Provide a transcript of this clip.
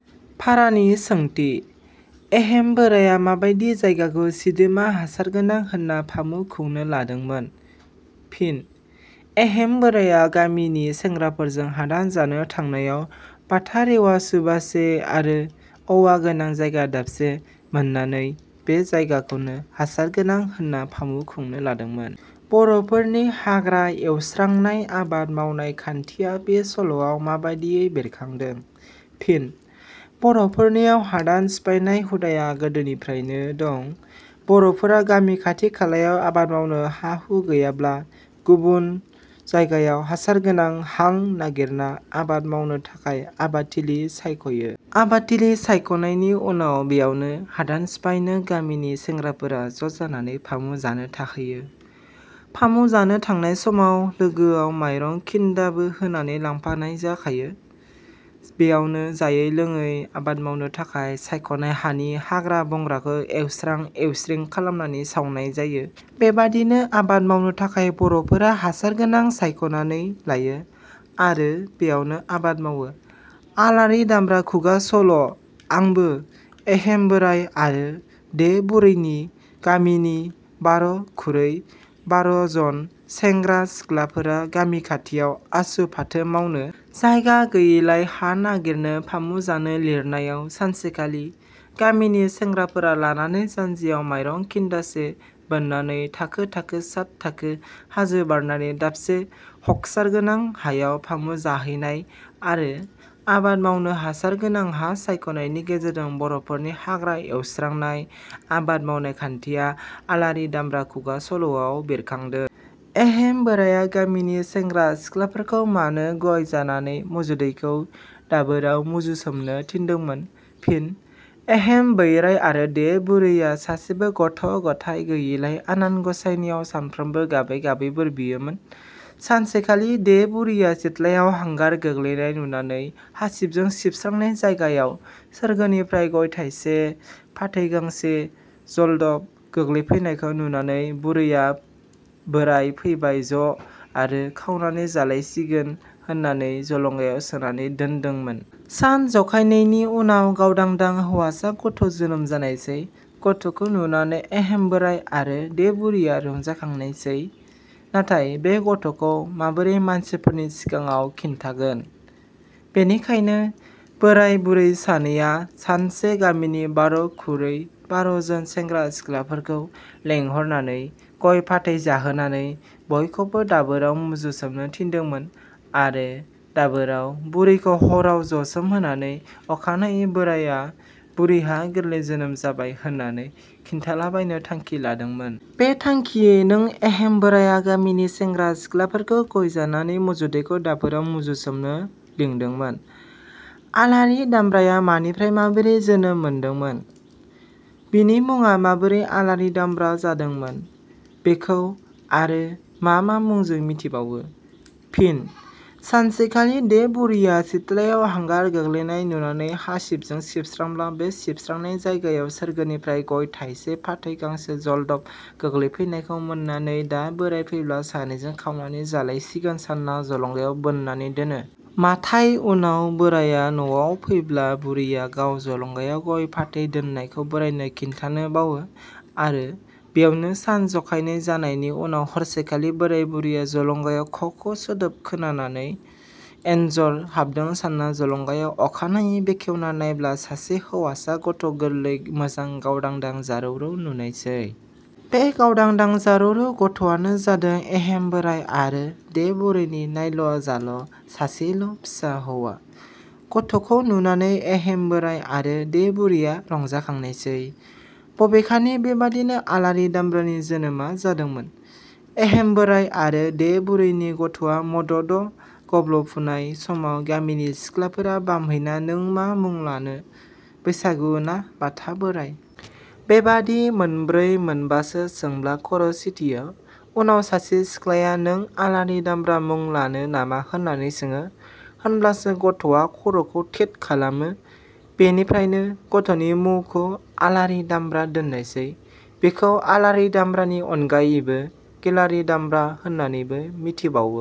फारानि सोंथि. एहेम बोराइया माबादि जायगाखौ सिदोमा हासारगोनां होनना फामु खुंनो लादोंमोन? फिनः एहेम बोराया गामिनि सेंग्राफोरजों हादान जानो थांनायाव बाथा रेवा सुबासे आरो औवागोनां जायगा दाबसे मोननानै बे जायगाखौनो हासारगोनां होनना फामु खुंनो लादोंमोन।. बर'फोरनि हाग्रा एवस्रांनाय आबाद मावनाय खान्थिया बे सल'आव माबादियै बेरखांदों? फिन: बरफोरनियाव हादान सिफायनाय हुदाया गोदोनिफ्रायनो दं। बर'फोरा गामि खाथि खालायाव आबाद मावनो हा-हु गैयाब्ला गुबुन जायगायाव हासार गोनां हां नागिरना आबाद मावनो थाखाय आबादथिलि सायखयो। आबादथिलि सायखनायनि उनाव बेयावनो हादान सिफायनो गामिनि सेंग्राफोरा ज' जानानै फामु जानो थाहैयो। फामु जानो थांनाय समाव लोगोआव मायरं खिन्दाबो होननानै लांफानाय जाखायो। बेयावनो जायै लोंयै आबाद मावनो थाखाय सायखनाय हानि हाग्रा बंग्राखौ एवस्रां एवस्रिं खालामनानै सावनाय जायो। बेबादिनो आबाद मावनो थाखाय बर'फोरा हासारगोनां सायखनानै लायो आरो बेयावनो आबाद मावो। आलारि दामब्रा खुगा सल' आंबो एहेम बोराइ आरो दे बुरैनि गामिनि बार' खुरै बार'जन सेंग्रा सिख्लाफोरा गामि खाथियाव आसु, फाथो मावनो जायगा गैयिलाय हा नागिरनो फामु जानो लिरनायाव सानसेखालि गामिनि सेंग्राफोरखौ लानानै जान्जियाव माइरं खिन्दासे बोननानै थाखो थाखो साथ थाखो हाजो बारनानै दाबसे हखसारगोनां हायाव फामु जाहैनाय आरो आबाद मावनो हासार गोनां हा सायखनायनि गेजेरजों बर'फोरनि हाग्रा एवस्रांनाय आबाद मावनाय खान्थिया आलारि दामब्रा खुगा सल'आव बेरखांदों।. एहेम बोराइया गामिनि सेंग्रा-सिख्लाफोरखौ मानो गइ जानानै मुजुदैखौ दाबोराव मुजुसोमनो थिनदोंमोन? फिन: एहेम बैराइ आरो दे बुरैया सासेबो गथ' गथाय गैयिलाय आनान गसाइनियाव सानफ्रोमबो गाबै गाबै बोर बियोमोन। सानसेखालि दे बुरैया सिथ्लायाव हांगार गोग्लैनाय नुनानै हासिबजों सिबस्रांनाय जायगायाव सोरगोनिफ्राइ गय थाइसे फाथै गांसे जलदब गोग्लैफैनायखौ नुनानै बुरैया बोराय फैबाय ज' आरो खावनानै जालायसिगोन होननानै जलंगायाव सोनानै दोन्दोंमोन। सान जखायनैनि उनाव गावदां दां हौवासा गथ' जोनोम जानायसै। गथखौ नुनानै एहेम बोराइ आरो दे बुरैया रंजाखांनाय सै। नाथाय बे गथ'खौ माबोरै मानसिफोरनि सिगाङाव खिन्थागोन? बेनिखाइनो, बोराय बुरै सानैया सानसे गामिनि बार' खुरै बार'जोन सेंग्रा सिख्लाफोरखौ लेंहरनानै गइ फाथै जाहोनानै बयखौबो दाबोराव मुजुसोमनो थिनदोंमोन आरो दाबोराव बुरैखौ हराव जसोमहोनानै अखानायै बोराइया "बुरिहा गोरलै जोनोम जाबाय" होननानै खिन्थालाबायनो थांखि लादोंमोन। बे थांखियै नों एहेम बोराया गामिनि सेंग्रा सिख्लाफोरखौ गय जानानै मुजुदैखौ दाबोराव मुजुसोमनो लिंदोंमोन।. आलारि दामब्राया मानिफ्राय माबोरै जोनोम मोनदोंमोन? बिनि मुङा माबोरै आलारि दामब्रा जादोंमोन? बेखौ आरो मा मा मुंजों मिथिबावो? फिनः सानसेखालि दे बुरैया सिथलायाव हांगार गोलैनाय नुनानै हासिबजों सिबस्रांब्ला बे सिबस्रांनाय जायगायाव सोरगोनिफ्राय गय थाइसे फाथै गांसे जलदब गोग्लैफैनायखौ मोननानै दा बोराइ फैब्ला सानैजों खावनानै जालायसिगोन सानना जलंगायाव बोननानै दोनो। माथाय उनाव बोराइया नवाव फैब्ला बुरैया गाव जलंगायाव गय फाथै दोननायखौ बोराइनो खिन्थानो बावो आरो बेयावनो सान जखायनै जानायनि उनाव हरसेखालि बोराइ बुरैया जलंगायाव ख ख सोदोब खोनानानै एनजर हाबदों सानना जलंगायाव अखानायै बेखेवना नायब्ला सासे हौवासा गथ' गोरलै मोजां गावदांदां जारौ रौ नुनायसै। बे गावदांदां जारौ रौ गथ'वानो जादों एहेम बोराइ आरो दे बुरैनि नायल' जाल' सासेल' फिसा हौवा। गथ'खौ नुनानै एहेम बोराइ आरो दे बुरैया रंजाखांनायसै। बबेखानि बेबादिनो आलारि दामब्रानि जोनोमा जादोंमोन। एहेम बोराइ आरो दे बुरैनि गथ'वा मद'द' गब्ल'फुनाय समाव गामिनि सिख्लाफोरा बामहैना नों मा मुं लानो बैसागु ना बाथा बोराइ? बेबादि मोनब्रै मोनबासो सोंब्ला खर' सिथियो। उनाव सासे सिख्लाया नों आलारि दामब्रा मुं लानो नामा होननानै सोङो, होनब्लासो गथ'वा खर'खौ थेद खालामो। बेनिफ्रायनो गथ'नि मुखौ आलारि दामब्रा दोननायसै। बिखौ आलारि दामब्रानि अनगायैबो गिलारि दामब्रा होननानैबो मिथिबावो।